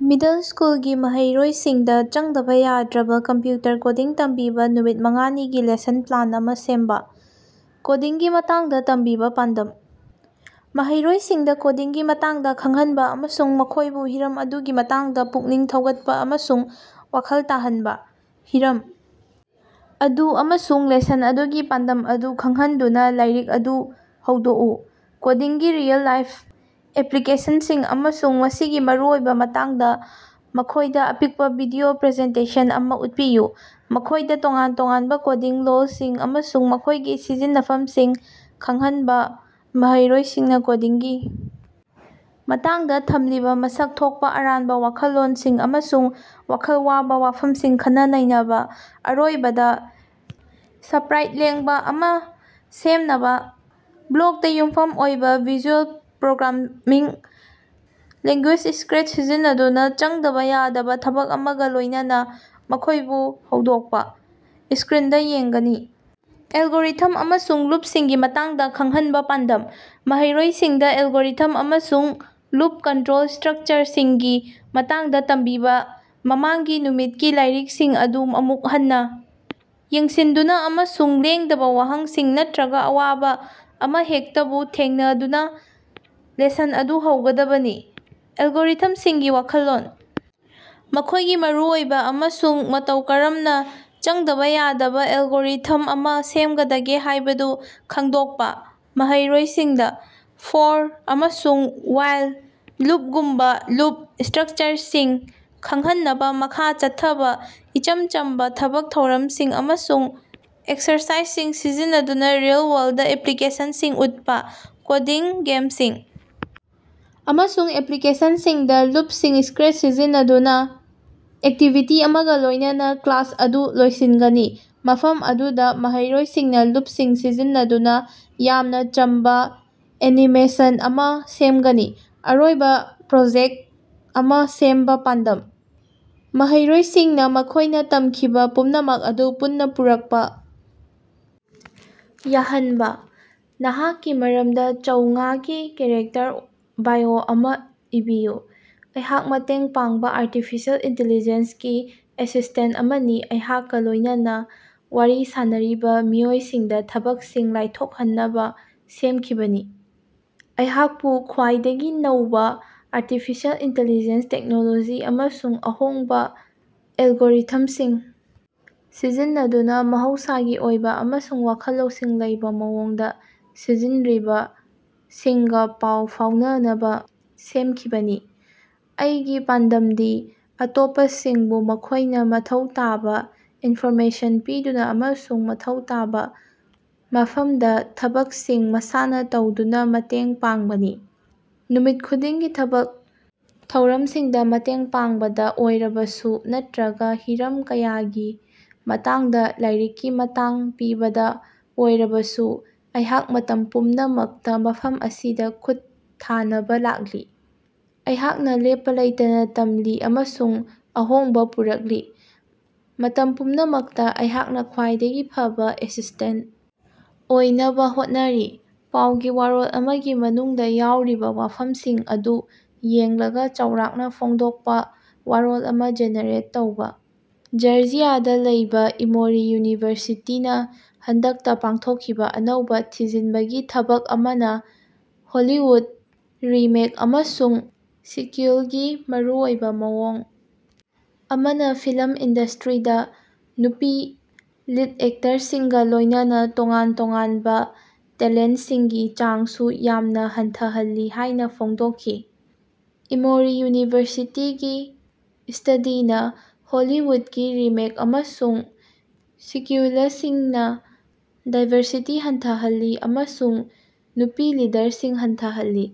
Middle ꯁ꯭ꯀꯨꯜꯒꯤ ꯃꯍꯩꯔꯣꯏꯁꯤꯡꯗ ꯆꯪꯗꯕ ꯌꯥꯗ꯭ꯔꯕ ꯀꯝꯄ꯭ꯌꯨꯇꯔ ꯀꯣꯗꯤꯡ ꯇꯝꯕꯤꯕꯥ ꯅꯨꯃꯤꯠ ꯃꯉꯥꯅꯤꯒꯤ ꯂꯦꯁꯟ ꯄ꯭ꯂꯥꯟ ꯑꯃ ꯁꯦꯝꯕ꯫ ꯀꯣꯗꯤꯡꯒꯤ ꯃꯇꯥꯡꯗ ꯇꯝꯕꯤꯕ ꯄꯥꯟꯗꯝ: ꯃꯍꯩꯔꯣꯏꯁꯤꯡꯗ ꯀꯣꯗꯤꯡꯒꯤ ꯃꯇꯥꯡꯗ ꯈꯪꯍꯟꯕ ꯑꯃꯁꯨꯡ ꯃꯈꯣꯢꯕꯨ ꯍꯤꯔꯝ ꯑꯗꯨꯒꯤ ꯃꯇꯥꯡꯗ ꯄꯨꯛꯅꯤꯡ ꯊꯧꯒꯠꯄ ꯑꯃꯁꯨꯡ ꯋꯥꯈꯜ ꯇꯥꯍꯟꯕ꯫ ꯍꯤꯔꯝ ꯑꯗꯨ ꯑꯃꯁꯨꯡ ꯂꯦꯁꯟ ꯑꯗꯨꯒꯤ ꯄꯥꯟꯗꯝ ꯑꯗꯨ ꯈꯪꯍꯟꯗꯨꯅꯥ ꯂꯥꯏꯔꯤꯛ ꯑꯗꯨ ꯍꯧꯗꯣꯛꯎ ꯀꯣꯗꯤꯡꯒꯤ ꯔꯤꯑꯦꯜ-ꯂꯥꯏꯐ ꯑꯦꯄ꯭ꯂꯤꯀꯦꯁꯟꯁꯤꯡ ꯑꯃꯁꯨꯡ ꯃꯁꯤꯒꯤ ꯃꯔꯨꯑꯣꯏꯕ ꯃꯇꯥꯡꯗ ꯃꯈꯣꯢꯗ ꯑꯄꯤꯛꯄ ꯚꯤꯗꯤꯑꯣ ꯄ꯭ꯔꯖꯦꯟꯇꯦꯁꯟ ꯑꯃ ꯎꯠꯄꯤꯌꯨ꯫ ꯃꯈꯣꯢꯗ ꯇꯣꯉꯥꯟ-ꯇꯣꯉꯥꯟꯕ ꯀꯣꯗꯤꯡ ꯂꯣꯜꯁꯤꯡ ꯑꯃꯁꯨꯡ ꯃꯈꯣꯢꯒꯤ ꯁꯤꯖꯤꯟꯅꯐꯝꯁꯤꯡ ꯈꯪꯍꯟꯕ ꯃꯍꯩꯔꯣꯢꯁꯤꯡꯅ ꯀꯣꯗꯤꯡꯒꯤ ꯃꯇꯥꯡꯗ ꯊꯝꯂꯤꯕ ꯃꯁꯛ ꯊꯣꯛꯄ ꯑꯔꯥꯟꯕ ꯋꯥꯈꯜꯂꯣꯟꯁꯤꯡ ꯑꯃꯁꯨꯡ ꯋꯥꯈꯜ ꯋꯥꯕ ꯋꯥꯐꯝꯁꯤꯡ ꯈꯟꯅ-ꯅꯩꯅꯕꯥ ꯑꯔꯣꯏꯕꯗ ꯁꯄ꯭ꯔꯥꯏꯠ ꯂꯦꯡꯕ ꯑꯃ ꯁꯦꯝꯅꯕ ꯕ꯭ꯂꯣꯛꯇ ꯌꯨꯝꯐꯝ ꯑꯣꯏꯕ ꯚꯤꯖꯨꯑꯦꯜ ꯄ꯭ꯔꯣꯒ꯭ꯔꯥꯃꯤꯡ ꯂꯦꯡꯒꯨꯌꯦꯖ ꯁꯀ꯭ꯔꯦꯆ ꯁꯤꯖꯤꯟꯅꯗꯨꯅ ꯆꯪꯗꯕ ꯌꯥꯗꯕ ꯊꯕꯛ ꯑꯃꯒ ꯂꯣꯢꯅꯥꯅ ꯃꯈꯣꯢꯕꯨ ꯍꯧꯗꯣꯛꯄꯥ꯫ ꯁꯀ꯭ꯔꯤꯟꯗ ꯌꯦꯡꯒꯅꯤ꯫ ꯑꯦꯜꯒꯣꯔꯤꯊꯝ ꯑꯃꯁꯨꯡ ꯂꯨꯞꯁꯤꯡꯒꯤ ꯃꯇꯥꯡꯗ ꯈꯪꯍꯟꯕ ꯄꯥꯟꯗꯝ: ꯃꯍꯩꯔꯣꯢꯁꯤꯡꯗ ꯑꯦꯜꯒꯣꯔꯤꯊꯝ ꯑꯃꯁꯨꯡ ꯂꯨꯞ ꯀꯟꯇ꯭ꯔꯣꯜ ꯁꯇ꯭ꯔꯛꯆꯔꯁꯤꯡꯒꯤ ꯃꯇꯥꯡꯗ ꯇꯝꯕꯤꯕ ꯃꯃꯥꯡꯒꯤ ꯅꯨꯃꯤꯠꯀꯤ ꯂꯥꯏꯔꯤꯛꯁꯤꯡ ꯑꯗꯨ ꯑꯃꯨꯛ ꯍꯟꯅ ꯌꯦꯡꯁꯤꯟꯗꯨꯅ ꯑꯃꯁꯨꯡ ꯂꯦꯡꯗꯕ ꯋꯥꯍꯪꯁꯤꯡ ꯅꯠꯇ꯭ꯔꯒ ꯑꯋꯥꯕꯥ ꯑꯃꯍꯦꯛꯇꯕꯨ ꯊꯦꯡꯅꯗꯨꯅꯥ ꯂꯦꯁꯟ ꯑꯗꯨ ꯍꯧꯒꯗꯕꯅꯤ꯫ ꯑꯦꯜꯒꯣꯔꯤꯊꯝꯁꯤꯡꯒꯤ ꯋꯥꯈꯜꯂꯣꯟ, ꯃꯈꯣꯢꯒꯤ ꯃꯔꯨꯑꯣꯏꯕ ꯑꯃꯁꯨꯡ ꯃꯇꯧ ꯀꯔꯝꯅꯆꯪꯗꯕ ꯌꯥꯗꯕ ꯑꯦꯜꯒꯣꯔꯤꯊꯝ ꯑꯃ ꯁꯦꯝꯒꯗꯒꯦ ꯍꯥꯢꯕꯗꯨ ꯈꯪꯗꯣꯛꯄ ꯃꯍꯩꯔꯣꯏꯁꯤꯡꯗ "ꯐꯣꯔ" ꯑꯃꯁꯨꯡ "ꯋꯥꯏꯜ" ꯂꯨꯞꯒꯨꯝꯕꯥ ꯂꯨꯞ ꯏꯁꯇ꯭ꯔꯛꯆꯔꯁꯤꯡ ꯈꯪꯍꯟꯅꯕꯥ ꯃꯈꯥ ꯆꯠꯊꯕ ꯏꯆꯝ ꯆꯝꯕ ꯊꯕꯛ ꯊꯧꯔꯝꯁꯤꯡ ꯑꯃꯁꯨꯡ ꯑꯦꯛꯁꯔꯁꯥꯏꯖꯁꯤꯡ ꯁꯤꯖꯤꯟꯅꯗꯨꯅ ꯔꯤꯑꯦꯜ-ꯋꯥꯔꯜꯗ ꯑꯦꯄ꯭ꯂꯤꯀꯦꯁꯟꯁꯤꯡ ꯎꯠꯄꯥ꯫ ꯀꯣꯗꯤꯡ ꯒꯦꯝꯁꯤꯡ ꯑꯃꯁꯨꯡ ꯑꯦꯄ꯭ꯂꯤꯀꯦꯁꯟꯁꯤꯡꯗ ꯂꯨꯞꯁꯤꯡ ꯁꯀ꯭ꯔꯦꯆ ꯁꯤꯖꯤꯟꯅꯗꯨꯅ ꯑꯦꯛꯇꯤꯚꯤꯇꯤ ꯑꯃꯒ ꯂꯣꯢꯅꯅ ꯀ꯭ꯂꯥꯁ ꯑꯗꯨ ꯂꯣꯏꯁꯤꯟꯒꯅꯤ ꯃꯐꯝ ꯑꯗꯨꯗ ꯃꯍꯩꯔꯣꯏꯁꯤꯡꯅ ꯂꯨꯞꯁꯤꯡ ꯁꯤꯖꯤꯟꯅꯗꯨꯅ ꯌꯥꯝꯅ ꯆꯝꯕ ꯑꯦꯅꯤꯃꯦꯁꯟ ꯑꯃ ꯁꯦꯝꯒꯅꯤ꯫ ꯑꯔꯣꯏꯕ ꯄ꯭ꯔꯣꯖꯦꯛ ꯑꯃ ꯁꯦꯝꯕ ꯄꯥꯟꯗꯝ: ꯃꯍꯩꯔꯣꯢꯁꯤꯡꯅ ꯃꯈꯣꯢꯅ ꯇꯝꯈꯤꯕ ꯄꯨꯝꯅꯃꯛ ꯑꯗꯨ ꯄꯨꯟꯅ ꯄꯨꯔꯛꯄ ꯌꯥꯍꯟꯕ꯫ ꯅꯍꯥꯛꯀꯤ ꯃꯔꯝꯗ ꯆꯧꯉꯥꯒꯤ ꯀꯦꯔꯦꯛꯇꯔ ꯕꯥꯏꯑꯣ ꯑꯃꯥ ꯏꯕꯤꯌꯨ꯫ ꯑꯩꯍꯥꯛ ꯃꯇꯦꯡ ꯄꯥꯡꯕ ꯑꯥꯔꯇꯤꯐꯤꯁꯤꯑꯦꯜ ꯏꯟꯇꯤꯂꯤꯖꯦꯟꯁ ꯒꯤ ꯑꯦꯁꯤꯁ꯭ꯇꯦꯟꯇ ꯑꯃꯅꯤ ꯑꯩꯍꯥꯛꯀꯥ ꯂꯣꯢꯅꯅꯥ ꯋꯥꯔꯤ ꯁꯥꯅꯔꯤꯕꯥ ꯃꯤꯑꯣꯏꯁꯤꯡꯗꯥ ꯊꯕꯛꯁꯤꯡ ꯂꯥꯏꯊꯣꯛꯍꯟꯅꯕ ꯁꯦꯝꯈꯤꯕꯅꯤ꯫ ꯑꯩꯍꯥꯛꯄꯨ ꯈ꯭ꯋꯥꯏꯗꯒꯤ ꯅꯧꯕꯥ ꯑꯥꯔꯇꯤꯐꯤꯁꯤꯑꯦꯜ ꯏꯟꯇꯤꯂꯤꯖꯦꯟꯁ ꯇꯦꯛꯅꯣꯂꯣꯖꯤ ꯑꯃꯁꯨꯡ ꯑꯍꯣꯡꯕꯥ ꯑꯦꯜꯒꯣꯔꯤꯊꯝꯁꯤꯡ ꯁꯤꯖꯤꯟꯅꯗꯨꯅ ꯃꯍꯧꯁꯥꯒꯤ ꯑꯣꯏꯕ ꯑꯃꯁꯨꯡ ꯋꯥꯈꯜ ꯂꯧꯁꯤꯡ ꯂꯩꯕ ꯃꯑꯣꯡꯗ ꯁꯤꯖꯤꯟꯔꯤꯕ ꯁꯤꯡꯒ ꯄꯥꯎ ꯐꯥꯎꯅꯅꯕꯥ ꯁꯦꯝꯈꯤꯕꯅꯤ꯫ ꯑꯩꯒꯤ ꯄꯥꯟꯗꯝꯗꯤ ꯑꯇꯣꯞꯄꯁꯤꯡꯕꯨ ꯃꯈꯣꯢꯅ ꯃꯊꯧ ꯇꯥꯕ ꯏꯟꯐꯣꯔꯃꯦꯁꯟ ꯄꯤꯗꯨꯅ ꯑꯃꯁꯨꯡ ꯃꯊꯧ ꯇꯥꯕ ꯃꯐꯝꯗꯥ ꯊꯕꯛꯁꯤꯡ ꯃꯁꯥꯅ ꯇꯧꯗꯨꯅ ꯃꯇꯦꯡ ꯄꯥꯡꯕꯅꯤ꯫ ꯅꯨꯃꯤꯠ ꯈꯨꯗꯤꯡꯒꯤ ꯊꯕꯛ ꯊꯧꯔꯝꯁꯤꯡꯗ ꯃꯇꯦꯡ ꯄꯥꯡꯕꯗ ꯑꯣꯏꯔꯕꯁꯨ ꯅꯠꯇ꯭ꯔꯒ ꯍꯤꯔꯝ ꯀꯌꯥꯒꯤ ꯃꯇꯥꯡꯗ ꯂꯥꯏꯔꯤꯛꯀꯤ ꯃꯇꯥꯡ ꯄꯤꯕꯗ ꯑꯣꯏꯔꯕꯁꯨ ꯑꯩꯍꯥꯛ ꯃꯇꯝ ꯄꯨꯝꯅꯃꯛꯇ ꯃꯐꯝ ꯑꯁꯤꯗ ꯈꯨꯠ ꯊꯥꯅꯕ ꯂꯥꯛꯂꯤ꯫ ꯑꯩꯍꯥꯛꯅ ꯂꯦꯞꯄ ꯂꯩꯇꯅ ꯇꯝꯂꯤ ꯑꯃꯁꯨꯡ ꯑꯍꯣꯡꯕ ꯄꯨꯔꯛꯂꯤ ꯃꯇꯝ ꯄꯨꯝꯅꯃꯛꯇ ꯑꯩꯍꯥꯛꯅ ꯈ꯭ꯋꯥꯏꯗꯒꯤ ꯐꯕ ꯑꯦꯁꯤꯁ꯭ꯇꯦꯟꯇ ꯑꯣꯏꯅꯕ ꯍꯣꯠꯅꯔꯤ꯫ ꯄꯥꯎꯒꯤ ꯋꯥꯔꯣꯜ ꯑꯃꯒꯤ ꯃꯅꯨꯡꯗ ꯌꯥꯎꯔꯤꯕꯥ ꯋꯥꯐꯝꯁꯤꯡ ꯑꯗꯨ ꯌꯦꯡꯂꯒ ꯆꯥꯎꯔꯥꯛꯅ ꯐꯣꯡꯗꯣꯛꯄ ꯋꯥꯔꯣꯜ ꯑꯃ ꯖꯦꯅꯦꯔꯦꯠ ꯇꯧꯕ꯫ ꯖꯔꯖꯤꯌꯥꯗꯥ ꯂꯩꯕꯥ ꯏꯃꯣꯔꯤ ꯌꯨꯅꯤꯚꯔꯁꯤꯇꯤ ꯅ ꯍꯟꯗꯛꯇꯥ ꯄꯥꯡꯊꯣꯛꯈꯤꯕ ꯑꯅꯧꯕ ꯊꯤꯖꯤꯟꯕꯒꯤ ꯊꯕꯛ ꯑꯃꯅ ꯍꯣꯂꯤꯋꯨꯗꯇ ꯔꯤꯃꯦꯛ ꯑꯃꯁꯨꯡ ꯁꯤꯀ꯭ꯌꯨꯏꯜꯒꯤ ꯃꯔꯨꯑꯣꯏꯕ ꯃꯑꯣꯡ ꯑꯃꯅ ꯐꯤꯂꯝ ꯏꯟꯗꯁꯇ꯭ꯔꯤꯗꯥ ꯅꯨꯄꯤ ꯂꯤꯗ ꯑꯦꯛꯇꯔꯁꯤꯡꯒ ꯂꯣꯢꯅꯅ ꯇꯣꯉꯥꯟ ꯇꯣꯉꯥꯟꯕ ꯇꯦꯂꯦꯟꯇꯁꯤꯡꯒꯤ ꯆꯥꯡꯁꯨ ꯌꯥꯝꯅ ꯍꯟꯊꯍꯜꯂꯤ ꯍꯥꯢꯅ ꯐꯣꯡꯗꯣꯛꯈꯤ꯫ ꯏꯃꯣꯔꯤ ꯌꯨꯅꯤꯚꯔꯁꯤꯇꯤꯒꯤ ꯁ꯭ꯇꯗꯤꯅ ꯍꯣꯂꯤꯋꯨꯗꯀꯤ ꯔꯤꯃꯦꯛ ꯑꯃꯁꯨꯡ ꯁꯤꯀ꯭ꯌꯨꯏꯂꯁꯤꯡꯅꯥ ꯗꯥꯏꯕꯔꯁꯤꯇꯤ ꯍꯟꯊꯍꯜꯂꯤ ꯑꯃꯁꯨꯡ ꯅꯨꯄꯤ ꯂꯤꯗꯔꯁꯤꯡ ꯍꯟꯊꯍꯜꯂꯤ꯫